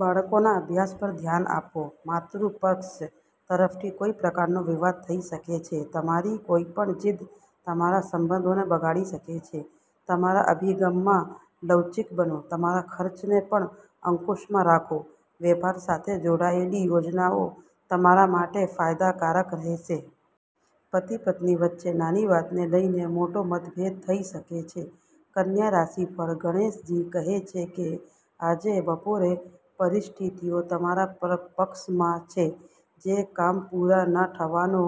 બાળકોના અભ્યાસ પર ધ્યાન આપો. માતૃ પક્ષ તરફથી કોઈ પ્રકારનો વિવાદ થઈ શકે છે. તમારી કોઈપણ જીદ તમારા સંબંધોને બગાડી શકે છે. તમારા અભિગમમાં લવચીક બનો. તમારા ખર્ચને પણ અંકુશમાં રાખો. વેપાર સાથે જોડાયેલી યોજનાઓ તમારા માટે ફાયદાકારક રહેશે. પતિ-પત્ની વચ્ચે નાની વાતને લઈને મોટો મતભેદ થઈ શકે છે. કન્યા રાશિફળ ગણેશજી કહે છે કે આજે બપોરે પરિસ્થિતિઓ તમારા પક્ષમાં છે. જે કામ પૂરા ન થવાનો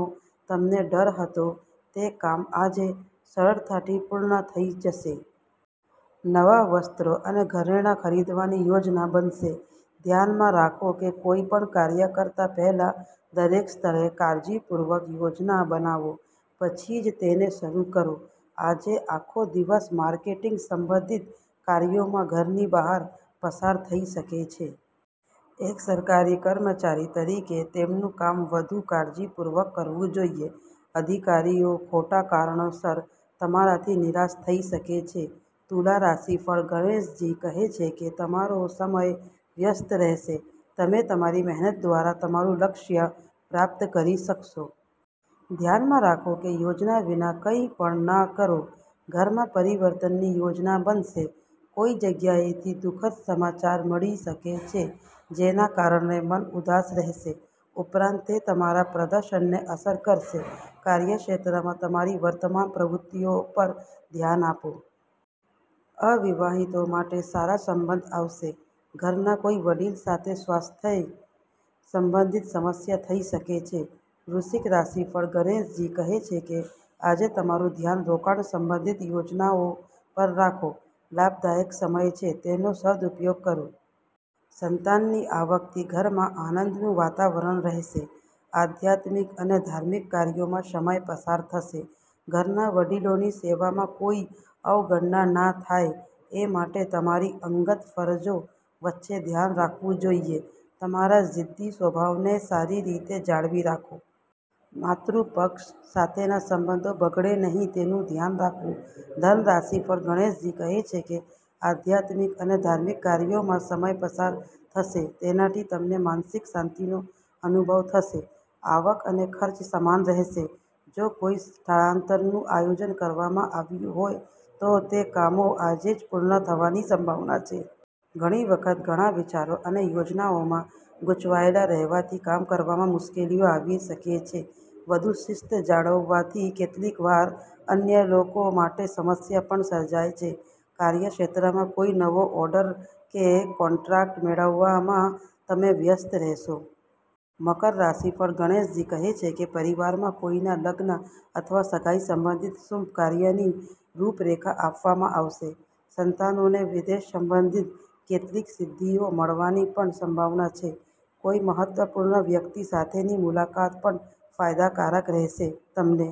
તમને ડર હતો, તે કામ આજે સરળતાથી પૂર્ણ થઈ જશે. નવા વસ્ત્રો અને ઘરેણાં ખરીદવાની યોજના બનશે. ધ્યાનમાં રાખો કે, કોઈપણ કાર્ય કરતા પહેલા, દરેક સ્તરે કાળજીપૂર્વક યોજના બનાવો, પછી જ તેને શરૂ કરો. આજે આખો દિવસ માર્કેટિંગ સંબંધિત કાર્યોમાં ઘરની બહાર પસાર થઈ શકે છે. એક સરકારી કર્મચારી તરીકે તેમનું કામ વધુ કાળજીપૂર્વક કરવું જોઈએ, અધિકારીઓ ખોટા કારણોસર તમારાથી નિરાશ થઈ શકે છે. તુલા રાશિફળ ગણેશજી કહે છે કે તમારો સમય વ્યસ્ત રહેશે. તમે તમારી મહેનત દ્વારા તમારું લક્ષ્ય પ્રાપ્ત કરી શકશો. ધ્યાનમાં રાખો કે, યોજના વિના કંઈ પણ ન કરો. ઘરમાં પરિવર્તનની યોજના બનશે. કોઈ જગ્યાએથી દુઃખદ સમાચાર મળી શકે છે જેના કારણે મન ઉદાસ રહેશે. ઉપરાંત, તે તમારા પ્રદર્શનને અસર કરશે. કાર્યક્ષેત્રમાં તમારી વર્તમાન પ્રવૃત્તિઓ પર ધ્યાન આપો. અવિવાહિતો માટે સારા સંબંધ આવશે. ઘરના કોઈ વડીલ સાથે સ્વાસ્થ્ય સંબંધિત સમસ્યા થઈ શકે છે. વૃશ્ચિક રાશિફળ ગણેશજી કહે છે કે આજે તમારું ધ્યાન રોકાણ સંબંધિત યોજનાઓ પર રાખો. લાભદાયક સમય છે, તેનો સદુપયોગ કરો. સંતાનની આવકથી ઘરમાં આનંદનું વાતાવરણ રહેશે. આધ્યાત્મિક અને ધાર્મિક કાર્યોમાં સમય પસાર થશે. ઘરના વડીલોની સેવામાં કોઈ અવગણના ન થાય એ માટે તમારી અંગત ફરજો વચ્ચે ધ્યાન રાખવું જોઈએ. તમારા જિદ્દી સ્વભાવને સારી રીતે જાળવી રાખો. માતૃપક્ષ સાથેના સંબંધો બગડે નહીં તેનું ધ્યાન રાખવું. ધન રાશિફળ ગણેશજી કહે છે કે આધ્યાત્મિક અને ધાર્મિક કાર્યોમાં સમય પસાર થશે. તેનાથી તમને માનસિક શાંતિનો અનુભવ થશે. આવક અને ખર્ચ સમાન રહેશે. જો કોઈ સ્થળાંતરનું આયોજન કરવામાં આવ્યું હોય તો તે કામો આજે પૂર્ણ થવાની સંભાવના છે. ઘણી વખત ઘણા વિચારો અને યોજનાઓમાં ગૂંચવાયેલા રહેવાથી કામ કરવામાં મુશ્કેલીઓ આવી શકે છે. વધુ શિસ્ત જાળવવાથી કેટલીકવાર અન્ય લોકો માટે સમસ્યા પણ સર્જાય છે. કાર્યક્ષેત્રમાં કોઈ નવો ઓર્ડર કે કોન્ટ્રાક્ટ મેળવવામાં તમે વ્યસ્ત રહેશો. મકર રાશિફળ ગણેશજી કહે છે કે પરિવારમાં કોઈના લગ્ન અથવા સગાઈ સંબંધિત શુભ કાર્યની રૂપરેખા આપવામાં આવશે. સંતાનોને વિદેશ સંબંધિત કેટલીક સિદ્ધિઓ મળવાની પણ સંભાવના છે. કોઈ મહત્વપૂર્ણ વ્યક્તિ સાથેની મુલાકાત પણ ફાયદાકારક રહેશે. તમને